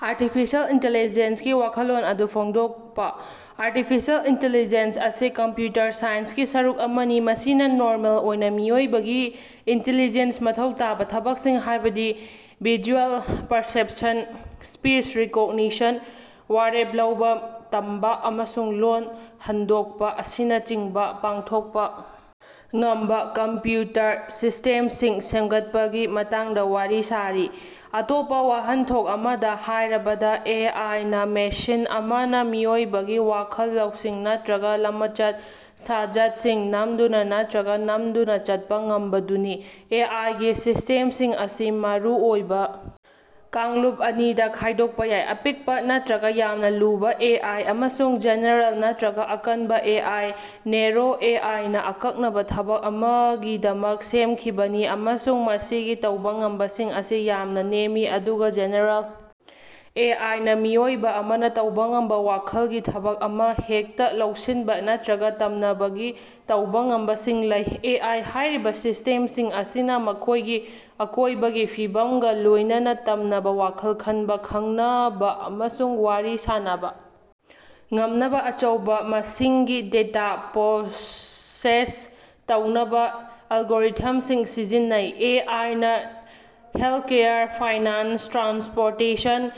Artificial ꯏꯟꯇꯤꯂꯤꯖꯦꯟꯁꯀꯤ ꯋꯥꯈꯜꯂꯣꯟ ꯑꯗꯨ ꯐꯣꯡꯗꯣꯛꯄ꯫ ꯑꯥꯔꯇꯤꯐꯤꯁꯤꯑꯦꯜ ꯏꯟꯇꯤꯂꯤꯖꯦꯟꯁ ꯑꯁꯤ ꯀꯝꯄꯤꯌꯨꯇꯔ ꯁꯥꯏꯟꯁꯀꯤ ꯁꯔꯨꯛ ꯑꯃꯅꯤ ꯃꯁꯤꯅ ꯅꯣꯔꯃꯦꯜ ꯑꯣꯏꯅ ꯃꯤꯑꯣꯏꯕꯒꯤ ꯏꯟꯇꯦꯂꯤꯖꯦꯟꯁ ꯃꯊꯧ ꯇꯥꯕ ꯊꯕꯛꯁꯤꯡ ꯍꯥꯏꯕꯗꯤ ꯚꯤꯖꯨꯑꯦꯜ ꯄꯔꯁꯦꯞꯁꯟ ꯁꯄꯤꯁ ꯔꯤꯀꯣꯛꯅꯤꯁꯟ ꯋꯥꯔꯦꯞ ꯂꯧꯕ ꯇꯝꯕ ꯑꯃꯁꯨꯡ ꯂꯣꯜ ꯍꯟꯗꯣꯛꯄ ꯑꯁꯤꯅꯆꯤꯡꯕ ꯄꯥꯡꯊꯣꯛꯄ ꯉꯝꯕ ꯀꯝꯄꯤꯌꯨꯇꯔ ꯁꯤꯁꯇꯦꯝꯁꯤꯡ ꯁꯦꯝꯒꯠꯄꯒꯤ ꯃꯇꯥꯡꯗ ꯋꯥꯔꯤ ꯁꯥꯔꯤ꯫ ꯑꯇꯣꯞꯄ ꯋꯥꯍꯟꯊꯣꯛ ꯑꯃꯗ ꯍꯥꯏꯔꯕꯗꯥ ꯑꯦ ꯑꯥꯏ ꯅꯥ ꯃꯦꯁꯤꯟ ꯑꯃꯅ ꯃꯤꯑꯣꯏꯕꯒꯤ ꯋꯥꯈꯜ ꯂꯧꯁꯤꯡ ꯅꯠꯇ꯭ꯔꯒ ꯂꯃꯆꯠ ꯁꯥꯖꯠꯁꯤꯡ ꯅꯝꯗꯨꯅ ꯅꯠꯇ꯭ꯔꯒ ꯅꯝꯗꯨꯅ ꯆꯠꯄ ꯉꯝꯕꯗꯨꯅꯤ꯫ ꯑꯦ ꯑꯥꯏ ꯒꯤ ꯁꯤꯁꯇꯦꯝꯁꯤꯡ ꯑꯁꯤ ꯃꯔꯨꯑꯣꯏꯕ ꯀꯥꯡꯂꯨꯞ ꯑꯅꯤꯗ ꯈꯥꯏꯗꯣꯛꯄ ꯌꯥꯏ ꯑꯄꯤꯛꯄ ꯅꯠꯇ꯭ꯔꯒ ꯌꯥꯝꯅ ꯂꯨꯕ ꯑꯦ ꯑꯥꯏ ꯑꯃꯁꯨꯡ ꯖꯦꯅꯦꯔꯦꯜ ꯅꯠꯇ꯭ꯔꯒ ꯑꯀꯟꯕ ꯑꯦ ꯑꯥꯏ ꯅꯦꯔꯣ ꯑꯦ ꯑꯥꯏ ꯅ ꯑꯀꯛꯅꯕ ꯊꯕꯛ ꯑꯃꯒꯤꯗꯃꯛ ꯁꯦꯝꯈꯤꯕꯅꯤ ꯑꯃꯁꯨꯡ ꯃꯁꯤꯒꯤ ꯇꯧꯕ ꯉꯝꯕꯁꯤꯡ ꯑꯁꯤ ꯌꯥꯝꯅ ꯅꯦꯝꯃꯤ ꯑꯗꯨꯒ ꯖꯦꯅꯦꯔꯦꯜ ꯑꯦ ꯑꯥꯏ ꯅꯥ ꯃꯤꯑꯣꯏꯕ ꯑꯃꯅ ꯇꯧꯕ ꯉꯝꯕ ꯋꯥꯈꯜꯒꯤ ꯊꯕꯛ ꯑꯃ ꯍꯦꯛꯇ ꯂꯧꯁꯤꯟꯕ ꯅꯠꯇ꯭ꯔꯒ ꯇꯝꯅꯕꯒꯤ ꯇꯧꯕ ꯉꯝꯕꯁꯤꯡ ꯂꯩ꯫ ꯑꯦ ꯑꯥꯏ ꯍꯥꯏꯔꯤꯕ ꯁꯤꯁꯇꯦꯝꯁꯤꯡ ꯑꯁꯤꯅ ꯃꯈꯣꯏꯒꯤ ꯑꯀꯣꯏꯕꯒꯤ ꯐꯤꯕꯝꯒ ꯂꯣꯏꯅꯅ ꯇꯝꯅꯕ ꯋꯥꯈꯜ ꯈꯟꯕ ꯈꯪꯅꯕ ꯑꯃꯁꯨꯡ ꯋꯥꯔꯤ ꯁꯥꯟꯅꯕ ꯉꯝꯅꯕ ꯑꯆꯧꯕ ꯃꯁꯤꯡꯒꯤ ꯗꯦꯇꯥ ꯄꯔꯣꯁꯦꯁ ꯇꯧꯅꯕ ꯑꯦꯜꯒꯣꯔꯤꯊꯝꯁꯤꯡ ꯁꯤꯖꯤꯟꯅꯩ꯫ ꯑꯦ ꯑꯥꯏ ꯅ ꯍꯦꯜꯀꯦꯌꯔ ꯐꯥꯏꯅꯥꯟꯁ ꯇ꯭ꯔꯥꯟꯁꯄꯣꯔꯇꯦꯁꯟ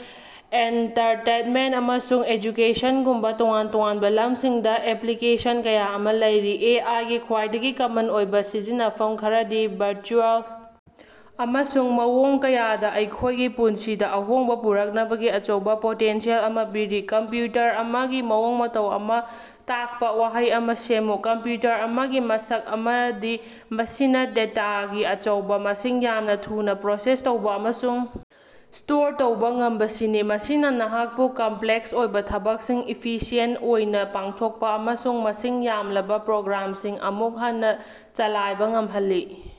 ꯑꯦꯟꯇꯔꯇꯦꯟꯃꯦꯟꯇ ꯑꯃꯁꯨꯡ ꯑꯦꯖꯨꯀꯦꯁꯟꯒꯨꯝꯕ ꯇꯣꯉꯥꯟ ꯇꯣꯉꯥꯟꯕ ꯂꯝꯁꯤꯡꯗ ꯑꯦꯄꯂꯤꯀꯦꯁꯟ ꯀꯌꯥ ꯑꯃ ꯂꯩꯔꯤ꯫ ꯑꯦ ꯑꯥꯏ ꯒꯤ ꯈ꯭ꯋꯥꯏꯗꯒꯤ ꯀꯃꯟ ꯑꯣꯏꯕ ꯁꯤꯖꯤꯟꯅꯐꯝ ꯈꯔꯗꯤ ꯚꯔꯆꯨꯑꯦꯜ ꯑꯃꯁꯨꯡ ꯃꯑꯣꯡ ꯀꯌꯥꯗ ꯑꯩꯈꯣꯏꯒꯤ ꯄꯨꯟꯁꯤꯗ ꯑꯍꯣꯡꯕ ꯄꯨꯔꯛꯅꯕꯒꯤ ꯑꯆꯧꯕ ꯄꯣꯇꯦꯟꯁꯤꯌꯦꯜ ꯑꯃ ꯄꯤꯔꯤ꯫ ꯀꯝꯄꯤꯌꯨꯇꯔ ꯑꯃꯒꯤ ꯃꯑꯣꯡ ꯃꯇꯧ ꯑꯃ ꯇꯥꯛꯄ ꯋꯥꯍꯩ ꯑꯃ ꯁꯦꯝꯃꯨ꯫ ꯀꯝꯄꯤꯌꯨꯇꯔ ꯑꯃꯒꯤ ꯃꯁꯛ ꯑꯃꯗꯤ ꯃꯁꯤꯅ ꯗꯦꯇꯥꯒꯤ ꯑꯆꯧꯕ ꯃꯁꯤꯡ ꯌꯥꯝꯅ ꯊꯨꯅ ꯄꯔꯣꯁꯦꯁ ꯇꯧꯕ ꯑꯃꯁꯨꯡ ꯁꯇꯣꯔ ꯇꯧꯕ ꯉꯝꯕꯁꯤꯅꯤ ꯃꯁꯤꯅ ꯅꯍꯥꯛꯄꯨ ꯀꯝꯄꯂꯦꯛꯁ ꯑꯣꯏꯕ ꯊꯕꯛꯁꯤꯡ ꯏꯐꯤꯁꯤꯑꯦꯟ ꯑꯣꯏꯅ ꯄꯥꯡꯊꯣꯛꯄ ꯑꯃꯁꯨꯡ ꯃꯁꯤꯡ ꯌꯥꯝꯂꯕ ꯄ꯭ꯔꯣꯒꯔꯥꯝꯁꯤꯡ ꯑꯃꯨꯛ ꯍꯟꯅ ꯆꯂꯥꯏꯕ ꯉꯝꯍꯜꯂꯤ